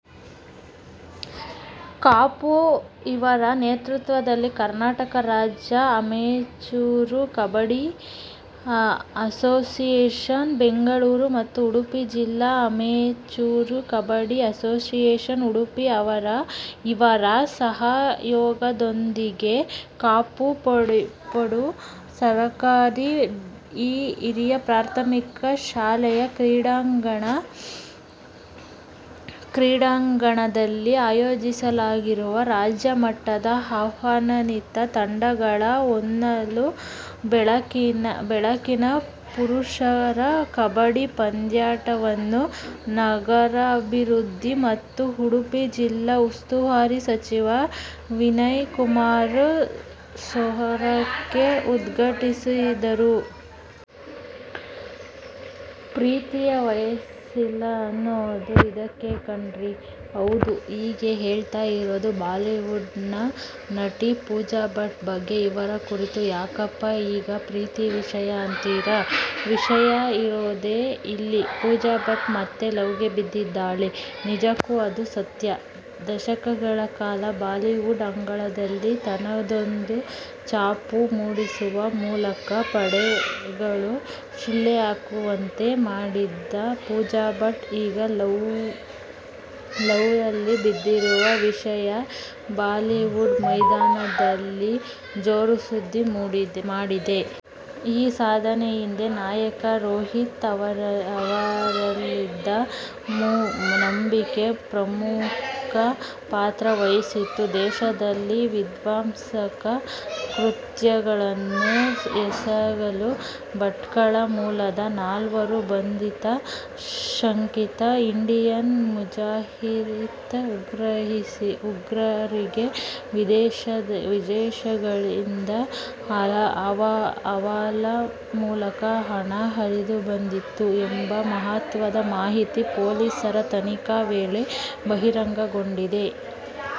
ಕಾಪು ಇವರ ನೇತೃತ್ವದಲ್ಲಿ ಕರ್ನಾಟಕ ರಾಜ್ಯ ಅಮೆಚೂರು ಕಬಡ್ಡಿ ಅಸೋಸಿಯೇಶನ್ ಬೆಂಗಳೂರು ಮತ್ತು ಉಡುಪಿ ಜಿಲ್ಲಾ ಅಮೆಚೂರು ಕಬಡ್ಡಿ ಅಸೋಸಿಯೇಶನ್ ಉಡುಪಿ ಇವರ ಸಹಯೋಗದೊಂದಿಗೆ ಕಾಪು ಪಡು ಸರಕಾರಿ ಹಿರಿಯ ಪ್ರಾಥಮಿಕ ಶಾಲೆಯ ಕ್ರೀಡಾಂಗಣದಲ್ಲಿ ಆಯೋಜಿಸಲಾಗಿರುವ ರಾಜ್ಯ ಮಟ್ಟದ ಆಹ್ವಾನಿತ ತಂಡಗಳ ಹೊನಲು ಬೆಳಕಿನ ಪುರುಷರ ಕಬಡ್ಡಿ ಪಂದ್ಯಾಟವನ್ನು ನಗರಾಭಿವೃದ್ಧಿ ಮತ್ತು ಉಡುಪಿ ಜಿಲ್ಲಾ ಉಸ್ತುವಾರಿ ಸಚಿವ ವಿನಯ ಕುಮಾರ್ ಸೊರಕೆ ಉದ್ಘಾಟಿಸಿದರು. ಪ್ರೀತಿಯ ವಯಸ್ಸಿಲ್ಲ ಅನ್ನೋದು ಇದಕ್ಕೇ ಕಣ್ರೀ! -ಹೌದು, ಹೀಗೆ ಹೇಳ್ತಾ ಇರೋದು ಬಾಲಿವುಡ್ನ ನಟಿ ಪೂಜಾಭಟ್ ಬಗ್ಗೆ. ಇವರ ಕುರಿತು ಯಾಕಪ್ಪಾ ಈಗ ಪ್ರೀತಿ ವಿಷಯ ಅಂತೀರಾ? ವಿಷಯ ಇರೋದೇ ಇಲ್ಲಿ. ಪೂಜಾಭಟ್ ಮತ್ತೆ ಲವ್ಗೆ ಬಿದ್ದಿದ್ದಾಳೆ!! ನಿಜಕ್ಕೂ ಇದು ಸತ್ಯ. ದಶಕಗಳ ಕಾಲ ಬಾಲಿವುಡ್ ಅಂಗಳದಲ್ಲಿ ತನ್ನದೊಂದು ಛಾಪು ಮೂಡಿಸುವ ಮೂಲಕ ಪಡ್ಡೆಗಳು ಶಿಳ್ಳೆ ಹಾಕುವಂತೆ ಮಾಡಿದ್ದ ಪೂಜಾಭಟ್, ಈಗ ಲವ್ವಲ್ಲಿ ಬಿದ್ದಿರುವ ವಿಷಯ ಬಾಲಿವುಡ್ ಮೈದಾನದಲ್ಲಿ ಜೋರು ಸುದ್ದಿ ಮಾಡಿದೆ. ಈ ಸಾಧನೆ ಹಿಂದೆ ನಾಯಕ ರೋಹಿತ್ ಅವರಲ್ಲಿದ್ದ ನಂಬಿಕೆ ಪ್ರಮುಖ ಪಾತ್ರ ವಹಿಸಿತ್ತು. ದೇಶದಲ್ಲಿ ವಿಧ್ವಂಸಕ ಕೃತ್ಯಗಳನ್ನು ಎಸಗಲು ಭಟ್ಕಳ ಮೂಲದ ನಾಲ್ವರು ಬಂಧಿತ ಶಂಕಿತ ಇಂಡಿಯನ್ ಮುಜಾಹಿದೀನ್ ಉಗ್ರರಿಗೆ ವಿದೇಶಗಳಿಂದ ಹವಾಲಾ ಮೂಲಕ ಹಣ ಹರಿದುಬರುತ್ತಿತ್ತು ಎಂಬ ಮಹತ್ವದ ಮಾಹಿತಿ ಪೊಲೀಸರ ತನಿಖೆಯ ವೇಳೆ ಬಹಿರಂಗಗೊಂಡಿದೆ.